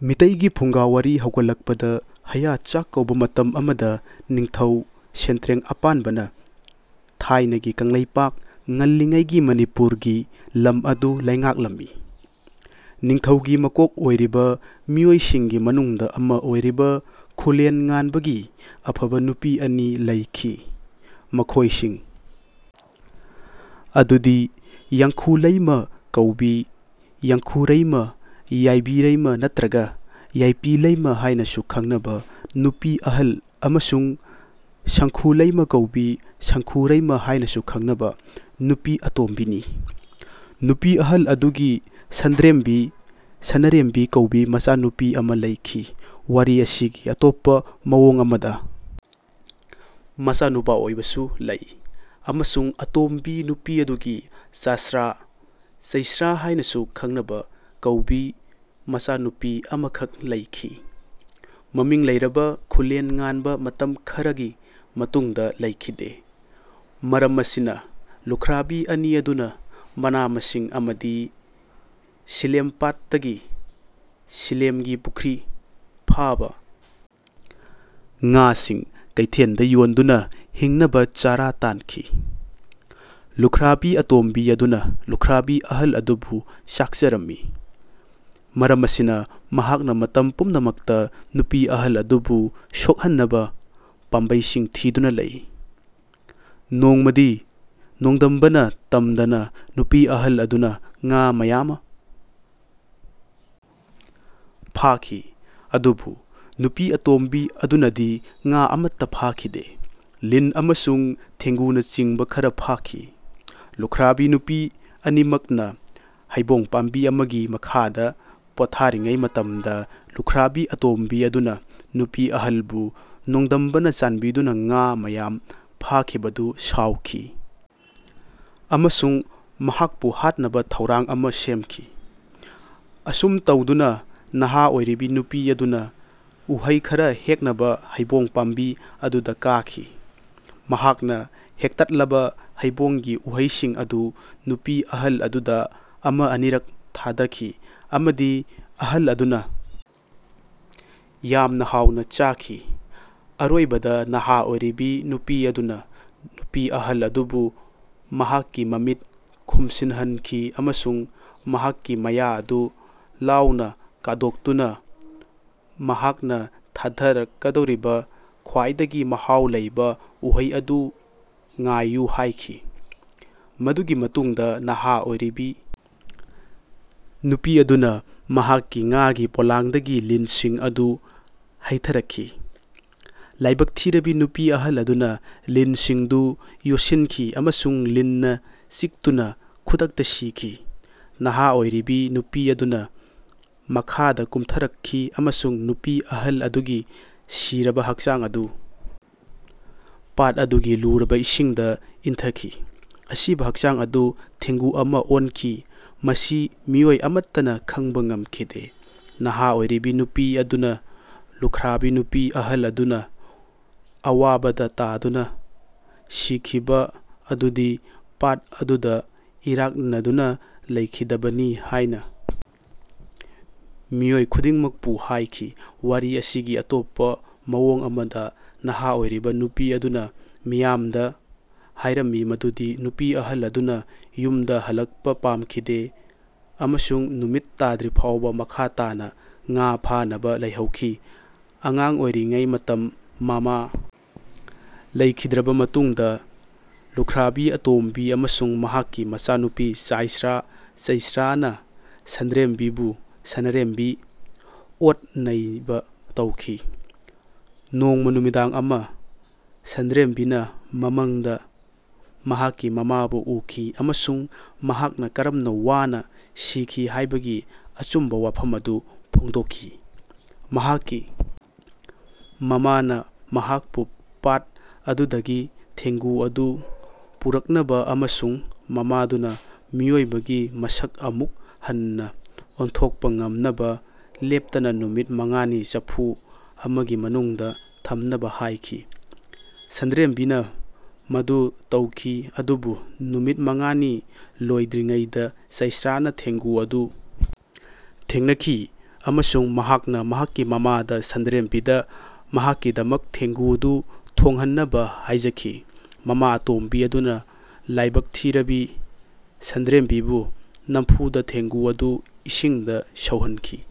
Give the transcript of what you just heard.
ꯃꯤꯇꯩꯒꯤ ꯐꯨꯡꯒꯥꯋꯥꯔꯤ ꯍꯧꯒꯠꯂꯛꯄꯗ ꯍꯌꯥ ꯆꯛ ꯀꯧꯕ ꯃꯇꯝ ꯑꯃꯗ ꯅꯤꯡꯊꯧ ꯁꯦꯟꯇ꯭ꯔꯦꯡ ꯑꯄꯥꯟꯕꯅ ꯊꯥꯢꯅꯒꯤ ꯀꯡꯂꯩꯄꯥꯛ (ꯉꯜꯂꯤꯉꯩꯒꯤ ꯃꯅꯤꯄꯨꯔ) ꯒꯤ ꯂꯝ ꯑꯗꯨ ꯂꯩꯉꯥꯛꯂꯝꯃꯤ꯫ ꯅꯤꯡꯊꯧꯒꯤ ꯃꯀꯣꯛ ꯑꯣꯏꯔꯤꯕ ꯃꯤꯑꯣꯏꯁꯤꯡꯒꯤ ꯃꯅꯨꯡꯗ ꯑꯃ ꯑꯣꯏꯔꯤꯕ ꯈꯨꯂꯦꯟ ꯉꯥꯟꯕꯒꯤ ꯑꯐꯕ ꯅꯨꯄꯤ ꯑꯅꯤ ꯂꯩꯈꯤ, ꯃꯈꯣꯏꯁꯤꯡ ꯑꯗꯨꯗꯤ ꯌꯥꯡꯈꯨꯂꯩꯃ ꯀꯧꯕꯤ (ꯌꯥꯡꯈꯨꯔꯩꯃ, ꯌꯥꯏꯕꯤꯔꯩꯃ ꯅꯠꯇ꯭ꯔꯒ ꯌꯥꯏꯄꯤꯂꯩꯃ ꯍꯥꯢꯅꯁꯨ ꯈꯪꯅꯕ) ꯅꯨꯄꯤ ꯑꯍꯜ ꯑꯃꯁꯨꯡ ꯁꯪꯈꯨꯂꯩꯃ ꯀꯧꯕꯤ (ꯁꯪꯈꯨꯔꯩꯃ ꯍꯥꯢꯅꯁꯨ ꯈꯪꯅꯕ) ꯅꯨꯄꯤ ꯑꯇꯣꯝꯕꯤꯅꯤ꯫ ꯅꯨꯄꯤ ꯑꯍꯜ ꯑꯗꯨꯒꯤ ꯁꯟꯗ꯭ꯔꯦꯝꯕꯤ (ꯁꯅꯔꯦꯝꯕꯤ) ꯀꯧꯕꯤ ꯃꯆꯥꯅꯨꯄꯤ ꯑꯃ ꯂꯩꯈꯤ (ꯋꯥꯔꯤ ꯑꯁꯤꯒꯤ ꯑꯇꯣꯞꯄ ꯃꯑꯣꯡ ꯑꯃꯗ ꯃꯆꯥꯅꯨꯄꯥꯑꯣꯢꯕꯁꯨ ꯂꯩ) ꯑꯃꯁꯨꯡ ꯑꯇꯣꯝꯕꯤ ꯅꯨꯄꯤ ꯑꯗꯨꯒꯤ ꯆꯁ꯭ꯔꯥ (ꯆꯩꯁ꯭ꯔꯥ ꯍꯥꯢꯅꯁꯨ ꯈꯪꯅꯕ) ꯀꯧꯕꯤ ꯃꯆꯥꯅꯨꯄꯤ ꯑꯃꯈꯛ ꯂꯩꯈꯤ꯫ ꯃꯃꯤꯡ ꯂꯩꯔꯕ ꯈꯨꯂꯦꯟ ꯉꯥꯟꯕ ꯃꯇꯝ ꯈꯔꯒꯤ ꯃꯇꯨꯡꯗ ꯂꯩꯈꯤꯗꯦ꯫ ꯃꯔꯝ ꯑꯁꯤꯅ ꯂꯨꯈ꯭ꯔꯥꯕꯤ ꯑꯅꯤ ꯑꯗꯨꯅ ꯃꯅꯥ-ꯃꯁꯤꯡ ꯑꯃꯗꯤ ꯁꯤꯂꯦꯝꯄꯥꯠꯇꯒꯤ (ꯁꯤꯂꯦꯝꯒꯤ ꯄꯨꯈ꯭ꯔꯤ) ꯐꯥꯕ ꯉꯥꯁꯤꯡ ꯀꯩꯊꯦꯜꯗ ꯌꯣꯟꯗꯨꯅ ꯍꯤꯡꯅꯕ ꯆꯔꯥ ꯇꯥꯟꯈꯤ꯫ ꯂꯨꯈ꯭ꯔꯥꯕꯤ ꯑꯇꯣꯝꯕꯤ ꯑꯗꯨꯅ ꯂꯨꯈ꯭ꯔꯥꯕꯤ ꯑꯍꯜ ꯑꯗꯨꯕꯨ ꯆꯥꯛꯆꯔꯝꯃꯤ꯫ ꯃꯔꯝ ꯑꯁꯤꯅ ꯃꯍꯥꯛꯅ ꯃꯇꯝ ꯄꯨꯝꯅꯃꯛꯇ ꯅꯨꯄꯤ ꯑꯍꯜ ꯑꯗꯨꯕꯨ ꯁꯣꯛꯍꯟꯅꯕ ꯄꯥꯝꯕꯩꯁꯤꯡ ꯊꯤꯗꯨꯅ ꯂꯩ꯫ ꯅꯣꯡꯃꯗꯤ ꯅꯣꯡꯗꯝꯕꯅ ꯇꯝꯗꯅ ꯅꯨꯄꯤ ꯑꯍꯜ ꯑꯗꯨꯅ ꯉꯥ ꯃꯌꯥꯝ ꯐꯥꯈꯤ ꯑꯗꯨꯕꯨ ꯅꯨꯄꯤ ꯑꯇꯣꯝꯕꯤ ꯑꯗꯨꯅꯗꯤ ꯉꯥ ꯑꯃꯠꯇ ꯐꯥꯈꯤꯗꯦ, ꯂꯤꯟ ꯑꯃꯁꯨꯡ ꯊꯦꯡꯒꯨꯅꯆꯤꯡꯕ ꯈꯔ ꯐꯥꯈꯤ꯫ ꯂꯨꯈ꯭ꯔꯥꯕꯤ ꯅꯨꯄꯤ ꯑꯅꯤꯃꯛꯅ ꯍꯩꯕꯣꯡ ꯄꯥꯝꯕꯤ ꯑꯃꯒꯤ ꯃꯈꯥꯗ ꯄꯣꯊꯥꯔꯤꯉꯩ ꯃꯇꯝꯗ ꯂꯨꯈ꯭ꯔꯥꯕꯤ ꯑꯇꯣꯝꯕꯤ ꯑꯗꯨꯅ ꯅꯨꯄꯤ ꯑꯍꯜꯕꯨ ꯅꯣꯡꯗꯝꯕꯅ ꯆꯥꯟꯕꯤꯗꯨꯅ ꯉꯥ ꯃꯌꯥꯝ ꯐꯥꯈꯤꯕꯗꯨ ꯁꯥꯎꯈꯤ ꯑꯃꯁꯨꯡ ꯃꯍꯥꯛꯄꯨ ꯍꯥꯠꯅꯕ ꯊꯧꯔꯥꯡ ꯑꯃ ꯁꯦꯝꯈꯤ꯫ ꯑꯁꯨꯝ ꯇꯧꯗꯨꯅ ꯅꯍꯥ ꯑꯣꯏꯔꯤꯕ ꯅꯨꯄꯤ ꯑꯗꯨꯅ ꯎꯍꯩ ꯈꯔ ꯍꯦꯛꯅꯕ ꯍꯩꯕꯣꯡ ꯄꯥꯝꯕꯤ ꯑꯗꯨꯗ ꯀꯥꯈꯤ꯫ ꯃꯍꯥꯛꯅ ꯍꯦꯛꯇꯠꯂꯕ ꯍꯩꯕꯣꯡꯒꯤ ꯎꯍꯩꯁꯤꯡ ꯑꯗꯨ ꯅꯨꯄꯤ ꯑꯍꯜ ꯑꯗꯨꯗ ꯑꯃ ꯑꯅꯤꯔꯛ ꯊꯥꯗꯈꯤ ꯑꯃꯗꯤ ꯑꯍꯜ ꯑꯗꯨꯅ ꯌꯥꯝꯅ ꯍꯥꯎꯅ ꯆꯥꯈꯤ꯫ ꯑꯔꯣꯢꯕꯗ, ꯅꯍꯥ ꯑꯣꯢꯔꯤꯕꯤ ꯅꯨꯄꯤ ꯑꯗꯨꯅ ꯅꯨꯄꯤ ꯑꯍꯜ ꯑꯗꯨꯕꯨ ꯃꯍꯥꯛꯀꯤ ꯃꯃꯤꯠ ꯈꯨꯝꯁꯤꯟꯍꯟꯈꯤ ꯑꯃꯁꯨꯡ ꯃꯍꯥꯛꯀꯤ ꯃꯌꯥ ꯑꯗꯨ ꯂꯥꯎꯅ ꯀꯥꯗꯣꯛꯇꯨꯅ ꯃꯍꯥꯛꯅ ꯊꯥꯊꯔꯛꯀꯗꯧꯔꯤꯕ ꯈ꯭ꯋꯥꯢꯗꯒꯤ ꯃꯍꯥꯎ ꯂꯩꯕ ꯎꯍꯩ ꯑꯗꯨ ꯉꯥꯢꯌꯨ ꯍꯥꯢꯈꯤ꯫ ꯃꯗꯨꯒꯤ ꯃꯇꯨꯡꯗ ꯅꯍꯥ ꯑꯣꯢꯔꯤꯕꯤ ꯅꯨꯄꯤ ꯑꯗꯨꯅ ꯃꯍꯥꯛꯀꯤ ꯉꯥꯒꯤ ꯄꯣꯂꯥꯡꯗꯒꯤ ꯂꯤꯟꯁꯤꯡ ꯑꯗꯨ ꯍꯩꯊꯔꯛꯈꯤ꯫ ꯂꯥꯢꯕꯛ ꯊꯤꯔꯕꯤ ꯅꯨꯄꯤ ꯑꯍꯜ ꯑꯗꯨꯅ ꯂꯤꯟꯁꯤꯡꯗꯨ ꯌꯣꯠꯁꯤꯟꯈꯤ ꯑꯃꯁꯨꯡ ꯂꯤꯟꯅ ꯆꯤꯛꯇꯨꯅ ꯈꯨꯗꯛꯇ ꯁꯤꯈꯤ꯫ ꯅꯍꯥ ꯑꯣꯢꯔꯤꯕꯤ ꯅꯨꯄꯤ ꯑꯗꯨꯅ ꯃꯈꯥꯗ ꯀꯨꯝꯊꯔꯛꯈꯤ ꯑꯃꯁꯨꯡ ꯅꯨꯄꯤ ꯑꯍꯜ ꯑꯗꯨꯒꯤ ꯁꯤꯔꯕ ꯍꯛꯆꯥꯡ ꯑꯗꯨ ꯄꯥꯠ ꯑꯗꯨꯒꯤ ꯂꯨꯔꯕ ꯏꯁꯤꯡꯗ ꯏꯟꯊꯈꯤ꯫ ꯑꯁꯤꯕ ꯍꯛꯆꯥꯡ ꯑꯗꯨ ꯊꯦꯡꯒꯨ ꯑꯃ ꯑꯣꯟꯈꯤ꯫ ꯃꯁꯤ ꯃꯤꯑꯣꯢ ꯑꯃꯠꯇꯅ ꯈꯡꯕ ꯉꯝꯈꯤꯗꯦ꯫ ꯅꯍꯥ ꯑꯣꯢꯔꯤꯕꯤ ꯅꯨꯄꯤ ꯑꯗꯨꯅ ꯂꯨꯈ꯭ꯔꯥꯕꯤ ꯅꯨꯄꯤ ꯑꯍꯜ ꯑꯗꯨꯅ ꯑꯋꯥꯕꯗ ꯇꯥꯗꯨꯅ ꯁꯤꯈꯤꯕ ꯑꯗꯨꯗꯤ ꯄꯥꯠ ꯑꯗꯨꯗ ꯏꯔꯥꯛꯅꯗꯨꯅ ꯂꯩꯈꯤꯗꯕꯅꯤ ꯍꯥꯢꯅ ꯃꯤꯑꯣꯏ ꯈꯨꯗꯤꯡꯃꯛꯄꯨ ꯍꯥꯏꯈꯤ꯫ ꯋꯥꯔꯤ ꯑꯁꯤꯒꯤ ꯑꯇꯣꯞꯄ ꯃꯑꯣꯡ ꯑꯃꯗ ꯅꯍꯥ ꯑꯣꯏꯔꯤꯕ ꯅꯨꯄꯤ ꯑꯗꯨꯅ ꯃꯤꯌꯥꯝꯗ ꯍꯥꯏꯔꯝꯃꯤ ꯃꯗꯨꯗꯤ ꯅꯨꯄꯤ ꯑꯍꯜ ꯑꯗꯨꯅ ꯌꯨꯝꯗ ꯍꯜꯂꯛꯄ ꯄꯥꯝꯈꯤꯗꯦ ꯑꯃꯁꯨꯡ ꯅꯨꯃꯤꯠ ꯇꯥꯗ꯭ꯔꯤꯐꯥꯎꯕ ꯃꯈꯥ ꯇꯥꯅ ꯉꯥ ꯐꯥꯅꯕ ꯂꯩꯍꯧꯈꯤ꯫ ꯑꯉꯥꯡ ꯑꯣꯢꯔꯤꯉꯩ ꯃꯇꯝ ꯃꯃꯥ ꯂꯩꯈꯤꯗ꯭ꯔꯕ ꯃꯇꯨꯡꯗ ꯂꯨꯈ꯭ꯔꯥꯕꯤ ꯑꯇꯣꯝꯕꯤ ꯑꯃꯁꯨꯡ ꯃꯍꯥꯛꯀꯤ ꯃꯆꯥꯅꯨꯄꯤ ꯆꯥꯢꯁ꯭ꯔꯥ (ꯆꯩꯁ꯭ꯔꯥ) ꯅ ꯁꯟꯗ꯭ꯔꯦꯝꯕꯤꯕꯨ (ꯁꯅꯔꯦꯝꯕꯤ) ꯑꯣꯠ-ꯅꯩꯕ ꯇꯧꯈꯤ꯫ ꯅꯣꯡꯃ ꯅꯨꯃꯤꯗꯥꯡ ꯑꯃ, ꯁꯟꯗ꯭ꯔꯦꯝꯕꯤꯅ ꯃꯃꯪꯗ ꯃꯍꯥꯛꯀꯤ ꯃꯃꯥꯕꯨ ꯎꯈꯤ ꯑꯃꯁꯨꯡ ꯃꯍꯥꯛꯅ ꯀꯔꯝꯅ ꯋꯥꯅꯥ ꯁꯤꯈꯤ ꯍꯥꯢꯕꯒꯤ ꯑꯆꯨꯝꯕ ꯋꯥꯐꯝ ꯑꯗꯨ ꯐꯣꯡꯗꯣꯛꯈꯤ꯫ ꯃꯍꯥꯛꯀꯤ ꯃꯃꯥꯅ ꯃꯍꯥꯛꯄꯨ ꯄꯥꯠ ꯑꯗꯨꯗꯒꯤ ꯊꯦꯡꯒꯨ ꯑꯗꯨ ꯄꯨꯔꯛꯅꯕ ꯑꯃꯁꯨꯡ ꯃꯃꯥꯗꯨꯅ ꯃꯤꯑꯣꯢꯕꯒꯤ ꯃꯁꯛ ꯑꯃꯨꯛ ꯍꯟꯅ ꯑꯣꯟꯊꯣꯛꯄ ꯉꯝꯅꯕ ꯂꯦꯞꯇꯅ ꯅꯨꯃꯤꯠ ꯃꯉꯥꯅꯤ ꯆꯐꯨ ꯑꯃꯒꯤ ꯃꯅꯨꯡꯗ ꯊꯝꯅꯕ ꯍꯥꯢꯈꯤ꯫ ꯁꯟꯗ꯭ꯔꯦꯝꯕꯤꯅ ꯃꯗꯨ ꯇꯧꯈꯤ ꯑꯗꯨꯕꯨ ꯅꯨꯃꯤꯠ ꯃꯉꯥꯅꯤ ꯂꯣꯢꯗ꯭ꯔꯤꯉꯩꯗ ꯆꯩꯁ꯭ꯔꯥꯅ ꯊꯦꯡꯒꯨ ꯑꯗꯨ ꯊꯦꯡꯅꯈꯤ ꯑꯃꯁꯨꯡ ꯃꯍꯥꯛꯅ ꯃꯍꯥꯛꯀꯤ ꯃꯃꯥꯗ ꯁꯟꯗ꯭ꯔꯦꯝꯕꯤꯗ ꯃꯍꯥꯛꯀꯤꯗꯃꯛ ꯊꯦꯡꯒꯨꯗꯨ ꯊꯣꯡꯍꯟꯅꯕ ꯍꯥꯢꯖꯈꯤ꯫ ꯃꯃꯥ ꯑꯇꯣꯝꯕꯤ ꯑꯗꯨꯅ ꯂꯥꯢꯕꯛ ꯊꯤꯔꯕꯤ ꯁꯟꯗ꯭ꯔꯦꯝꯕꯤꯕꯨ ꯅꯝꯐꯨꯗ ꯊꯦꯡꯒꯨ ꯑꯗꯨ ꯏꯁꯤꯡꯗ ꯁꯧꯍꯟꯈꯤ꯫